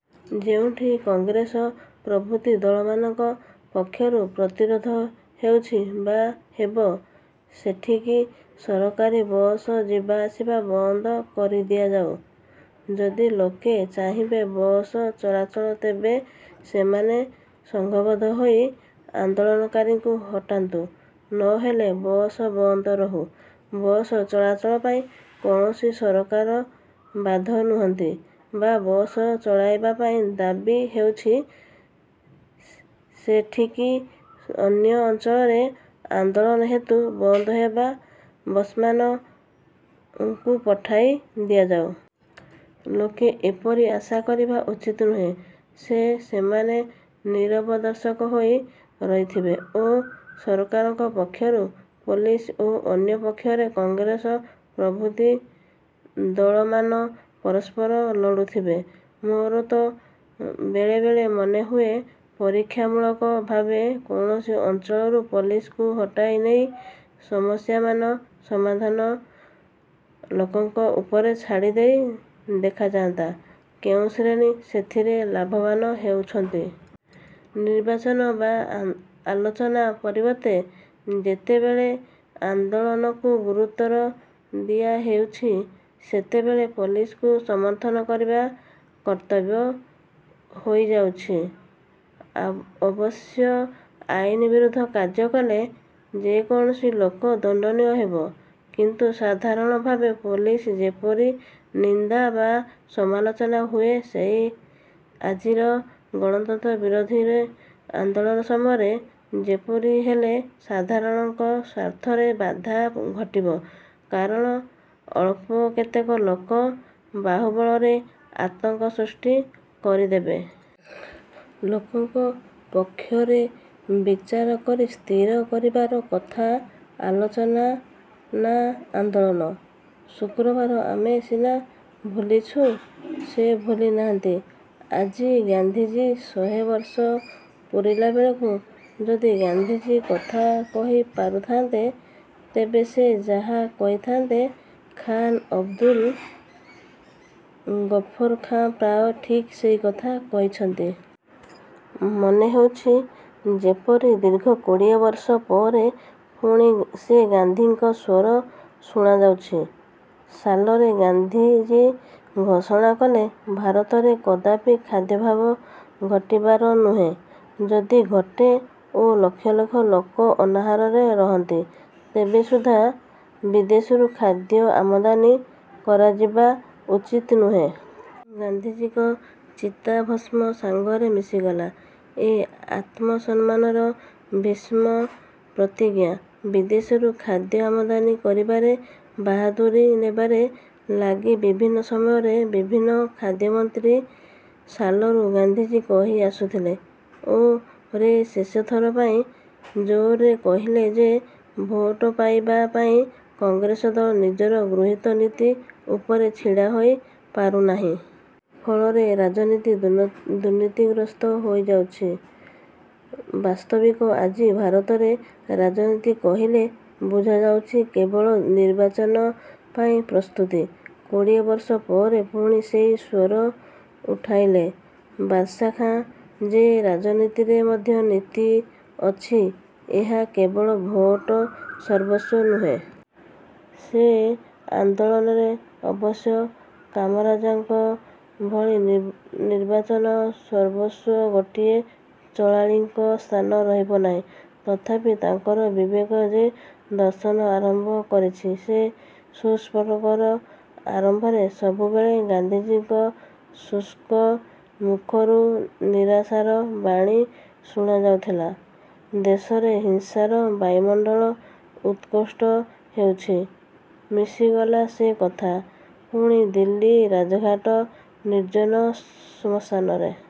ଯେଉଁଠି କଂଗ୍ରେସ ପ୍ରଭୃତି ଦଳମାନଙ୍କ ପକ୍ଷରୁ ପ୍ରତିରୋଧ ହେଉଛି ବା ହେବ ସେଠିକି ସରକାରୀ ବସ୍ ଯିବା ଆସିବା ବନ୍ଦ କରିଦିଆଯାଉ। ଯଦି ଲୋକେ ଚାହିଁବେ ବସ୍ ଚଳାଚଳ ତେବେ ସେମାନେ ସଙ୍ଘବଦ୍ଧ ହୋଇ ଆନ୍ଦୋଳନକାରୀଙ୍କୁ ହଟାନ୍ତୁ, ନ ହେଲେ ବସ୍ ବନ୍ଦ ରହୁ। ବସ୍ ଚଳାଚଳ ପାଇଁ କୌଣସି ସରକାର ବାଧ୍ୟ ନୁହନ୍ତି ବା ବସ୍ ଚଳାଇବା ପାଇଁ ଦାବି ହେଉଛି ସେଠିକି ଅନ୍ୟ ଅଞ୍ଚଳରେ ଆନ୍ଦୋଳନ ହେତୁ ବନ୍ଦ ହେବା ବସ୍ମାନଙ୍କୁ ପଠାଇ ଦିଆଯାଉ। ଲୋକେ ଏପରି ଆଶା କରିବା ଉଚିତ ନୁହେଁ ଯେ ସେମାନେ ନୀରବଦର୍ଶକ ହୋଇ ରହିଥିବେ ଓ ସରକାରଙ୍କ ପକ୍ଷରୁ ପୋଲିସ ଓ ଅନ୍ୟ ପକ୍ଷରେ କଂଗ୍ରେସ ପ୍ରଭୃତି ଦଳମାନେ ପରସ୍ପର ଲଢ଼ୁଥିବେ। ମୋର ତ ବେଳେବେଳେ ମନେହୁଏ ପରୀକ୍ଷାମୂଳକ ଭାବରେ କୌଣସି ଅଞ୍ଚଳରୁ ପୋଲିସକୁ ହଟାଇ ନେଇ ସମସ୍ୟାମାନଙ୍କ ସମାଧାନ ଲୋକଙ୍କ ଉପରେ ଛାଡ଼ି ଦେଇ ଦେଖାଯାନ୍ତା, କେଉଁ ଶ୍ରେଣୀ ସେଥିରେ ଲାଭବାନ ହେଉଛନ୍ତି। ନିର୍ବାଚନ ବା ଆଲୋଚନା ପରିବର୍ତ୍ତେ ଯେତେବେଳେ ଆନ୍ଦୋଳନକୁ ଗୁରୁତ୍ୱ ଦିଆହେଉଛି, ସେତେବେଳେ ପୋଲିସକୁ ସମର୍ଥନ କରିବା କର୍ତ୍ତବ୍ୟ ହୋଇଯାଉଛି। ଅବଶ୍ୟ ଆଇନବିରୁଦ୍ଧ କାର୍ଯ୍ୟ କଲେ ଯେକୌଣସି ଲୋକ ଦଣ୍ଡନୀୟ ହେବ। କିନ୍ତୁ ସାଧାରଣ ଭାବରେ ପୋଲିସର ଯେପରି ନିନ୍ଦା ବା ସମାଲୋଚନା ହୁଏ ସେହି ଆଜିର ଗଣତନ୍ତ୍ର ବିରୋଧୀ ଆନ୍ଦୋଳନ ସମୟରେ ଯେପରି ହେଲେ ସାଧାରଣଙ୍କ ସ୍ୱାର୍ଥରେ ବାଧା ଘଟିବ କାରଣ ଅଳ୍ପ କେତେକ ଲୋକ ବାହୁବଳରେ ଆତଙ୍କ ସୃଷ୍ଟି କରିଦେବେ। ଲୋକଙ୍କ ପକ୍ଷରେ ବିଚାର କରି ସ୍ଥିର କରିବାର କଥା- ଆଲୋଚନା ନା ଆନ୍ଦୋଳନ। ଶୁକ୍ରବାର ଆମେ ସିନା ଭୁଲିଛୁଁ ସେ ଭୁଲି ନାହାନ୍ତି ଆଜି ଗାନ୍ଧିଜୀଙ୍କ ଶହେ ବର୍ଷ ପୂରିଲାବେଳକୁ, ଯଦି ଗାନ୍ଧିଜୀ କଥା କହି ପାରୁଥାନ୍ତେ, ତେବେ ସେ ଯାହା କହୁଥାନ୍ତେ, ଖାନ୍ ଅବଦୁଲ ଗଫୁର ଖାଁ ପ୍ରାୟ ଠିକ ସେହି କଥା କହୁଛନ୍ତି। ମନେ ହେଉଛି ଯେପରି ଦୀର୍ଘ କୋଡ଼ିଏ ବର୍ଷ ପରେ ପୁଣି ସେହି ଗାନ୍ଧିଜୀଙ୍କ ସ୍ୱର ଶୁଣାଯାଉଛି। ସାଲରେ ଗାନ୍ଧିଜୀ ଘୋଷଣା କଲେ ''ଭାରତରେ କଦାପି ଖାଦ୍ୟାଭାବ ଘଟିବାର ନୁହେଁ। ଯଦି ଘଟେ ଓ ଲକ୍ଷ ଲକ୍ଷ ଲୋକ ଅନାହାରରେ ରହନ୍ତି ତେବେ ସୁଦ୍ଧା ବିଦେଶରୁ ଖାଦ୍ୟ ଆମଦାନୀ କରାଯିବା ଉଚିତ ନୁହେଁ। '' ଗାନ୍ଧିଜୀଙ୍କ ଚିତାଭସ୍ମ ସାଙ୍ଗରେ ମିଶିଗଲା ଏ ଆତ୍ମସମ୍ମାନର ଭୀଷ୍ମ ପ୍ରତିଜ୍ଞା। ବିଦେଶରୁ ଖାଦ୍ୟ ଆମଦାନୀ କରିବାରେ ବାହାଦୁରି ନେବାରେ ଲାଗିଲେ ବିଭିନ୍ନ ସମୟରେ ବିଭିନ୍ନ ଖାଦ୍ୟମନ୍ତ୍ରୀ। ସାଲରୁ ଗାନ୍ଧିଜୀ କହି ଆସୁଥିଲେ ଓ ରେ ଶେଷଥର ପାଇଁ ଜୋରରେ କହିଲେ ଯେ ଭୋଟ ପାଇବା ପାଇଁ କଂଗ୍ରେସ ଦଳ ନିଜର ଗୃହୀତ ନୀତି ଉପରେ ଛିଡ଼ା ହୋଇ ପାରୁନାହିଁ। ଫଳରେ ରାଜନୀତି ଦୁର୍ନୀତିଗ୍ରସ୍ତ ହୋଇଯାଉଛି। ବାସ୍ତବିକ ଆଜି ଭାରତରେ ରାଜନୀତି କହିଲେ ବୁଝାଉଛି କେବଳ ନିର୍ବାଚନ ପାଇଁ ପ୍ରସ୍ତୁତି। କୋଡ଼ିଏ ବର୍ଷ ପରେ ପୁଣି ସେହି ସ୍ୱର ଉଠାଇଲେ ବାଦଶାହା ଖାଁ ଯେ ରାଜନୀତିରେ ମଧ୍ୟ ନୀତି ଅଛି, ଏହା କେବଳ ଭୋଟ ସର୍ବସ୍ୱ ନୁହେଁ। ସେ ଆନ୍ଦୋଳନରେ ଅବଶ୍ୟ କାମରାଜଙ୍କ ଭଳି ନିର୍ବାଚନ ସର୍ବସ୍ୱ ଗୋଟି ଚଳାଳିଙ୍କ ସ୍ଥାନ ରହିବ ନାହିଁ, ତଥାପି ତାଙ୍କର ବିବେକ ଯେ ଦଂଶନ ଆରମ୍ଭ କରିଛି, ଏହା ସୁସ୍ପଷ୍ଟ। ର ଆରମ୍ଭରେ ସବୁବେଳେ ଗାନ୍ଧିଜୀଙ୍କ ଶୁଷ୍କ ମୁଖରୁ ନିରାଶାର ବାଣୀ ଶୁଣା ଯାଉଥିଲା ''ଦେଶରେ ହିଂସାର ବାୟୁମଣ୍ଡଳ ଉତ୍କଟ ହେଉଛି। '' ମିଶିଗଲା ସେ କଥା ପୁଣି ଦିଲ୍ଲୀ ରାଜଘାଟର ନିର୍ଜନ ଶ୍ମଶାନରେ,